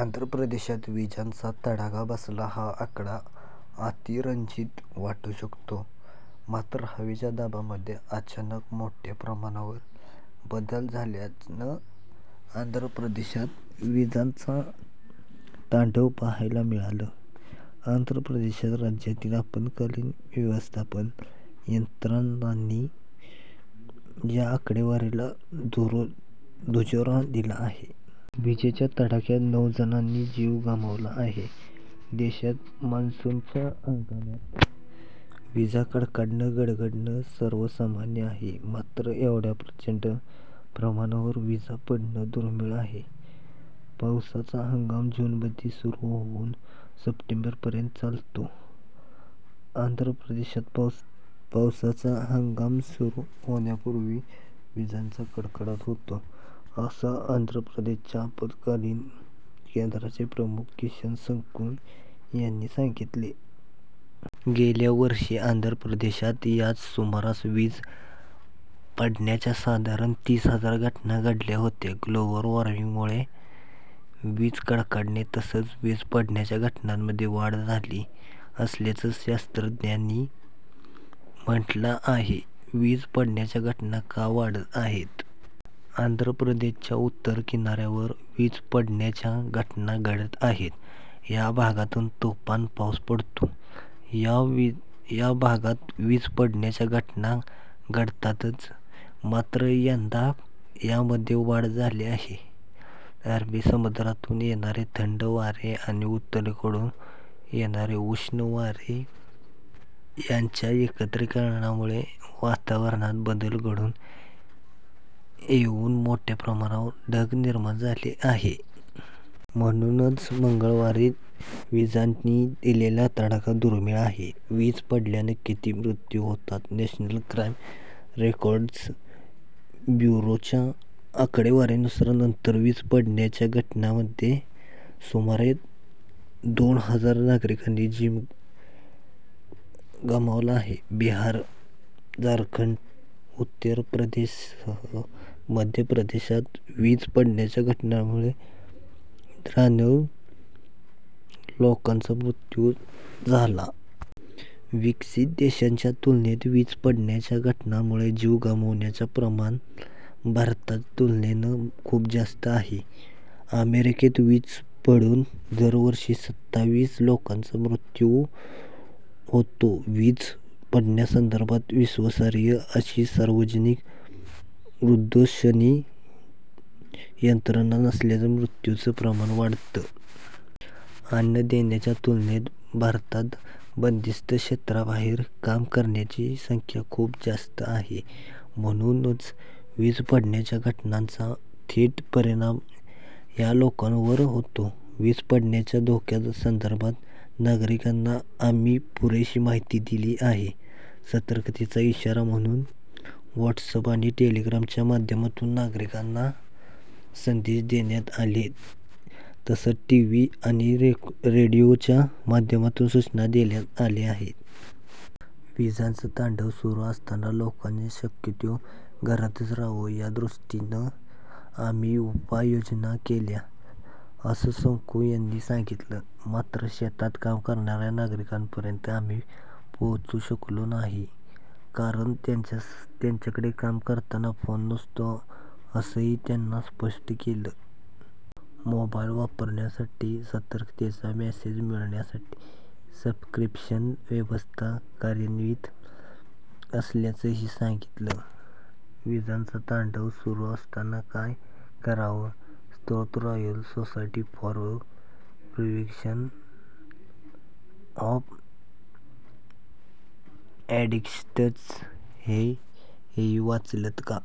आंध्र प्रदेशात विजांचा तडाखा बसला हा आकडा अतिरंजित वाटू शकतो, मात्र हवेच्या दाबांमध्ये अचानक मोठ्या प्रमाणावर बदल झाल्यानं आंध्र प्रदेशात विजांचं तांडव पाहायला मिळालं. आंध्र प्रदेश राज्यातील आपत्कालीन व्यवस्थापन यंत्रणांनी या आकडेवारीला दुजोरा दिला आहे. विजेच्या तडाख्यात नऊजणांनी जीव गमावला आहे. देशात मान्सूनच्या हंगामात विजा कडाडणं, गडगडणं सर्वसामान्य आहे, मात्र एवढ्या प्रचंड प्रमाणावर विजा पडणं दुर्मीळ आहे. पावसाचा हंगाम जूनमध्ये सुरू होऊन सप्टेंबरपर्यंत चालतो. आंध्र प्रदेशात पावसाचा हंगाम सुरू होण्यापूर्वी विजांचा कडकडाट होतो असं आंध्र प्रदेशच्या आपत्कालीन केंद्राचे प्रमुख किशन संकू यांनी सांगितलं. गेल्या वर्षी आंध्र प्रदेशात याच सुमारास वीज पडण्याच्या साधारण तीस हजार घटना घडल्या होत्या. ग्लोबल वॉर्मिंगमुळे वीज कडाडणे तसंच वीज पडण्याच्या घटनांमध्ये वाढ झाली असल्याचं शास्त्रज्ञांचं म्हणणं आहे. वीज पडण्याच्या घटना का वाढत आहेत? आंध्र प्रदेशच्या उत्तर किनाऱ्यावर वीज पडण्याच्या घटना घडत आहेत. या भागातून तुफान पाऊस पडतो. या भागात वीज पडण्याच्या घटना घडतातच मात्र यंदा यामध्ये वाढ झाली आहे. अरबी समुद्रातून येणारे थंड वारे आणि उत्तरेकडून येणारे उष्ण वारे यांच्या एकत्रीकरणामुळे वातावरणात बदल घडून येऊन मोठ्य़ा प्रमाणावर ढग निर्माण झाले. म्हणूनच मंगळवारी विजांनी दिलेला तडाखा दुर्मीळ आहे. वीज पडल्यानं किती मृत्यू होतात? नॅशनल क्राइम रेकॉर्ड्स ब्युरोच्या आकडेवारीनुसार, नंतर वीज पडण्याच्या घटनांमध्ये दरवर्षी सुमारे दोन हजार नागरिकांनी जीव गमावला आहे. बिहार, झारखंड, उत्तर प्रदेशसह मध्य प्रदेशात वीज पडण्याच्या घटनांमुळे त्र्याण्णव लोकांचा मृत्यू झाला. विकसित देशांच्या तुलनेत वीज पडण्याच्या घटनांमुळे जीव गमावण्याचं प्रमाण भारतात तुलनेनं खूप जास्त आहे. अमेरिकेत वीज पडून दरवर्षी सताविस लोकांचा मृत्यू होतो. वीज पडण्यासंदर्भात विश्वासार्ह अशी सार्वजनिक उद्घोषणेची यंत्रणा नसल्यानं मृत्यूचं प्रमाण वाढतं. अन्य देशांच्या तुलनेत, भारतात बंदिस्त क्षेत्राबाहेर काम करणाऱ्यांची संख्या खूप आहे. म्हणूनच वीज पडण्याच्या घटनांचा थेट परिणाम या लोकांवर होतो. वीज पडण्याच्या धोक्यासंदर्भात नागरिकांना आम्ही पुरेशी माहिती दिली आहे. सतर्कतेचा इशारा म्हणून व्हॉट्सअप तसंच टेलिग्रामच्या माध्यमातून नागरिकांना संदेश देण्यात आले तसंच टीव्ही आणि रेडिओच्या माध्यमातून सूचना देण्यात आल्या. आहे विजांचं तांडव सुरू असताना लोकांनी शक्यतो घरातच राहावं यादृष्टीनं आम्ही उपाययोजना केल्या, असं संकू यांनी सांगितलं. मात्र शेतात काम करणाऱ्या नागरिकांपर्यंत आम्ही पोहोचू शकलो नाही, कारण त्यांच्याकडे काम करताना फोन नसतो असंही त्यांनी स्पष्ट केलं. मोबाइल वापरणाऱ्यांसाठी सतर्कतेचा मेसेज मिळण्यासाठी सबस्क्रिप्शन व्यवस्था कार्यान्वित असल्याचंही त्यांनी सांगितलं. विजांचं तांडव सुरू असताना काय करावं? स्रोत- Royal Society for the Prevention of Accidents हेही वाचलंत का?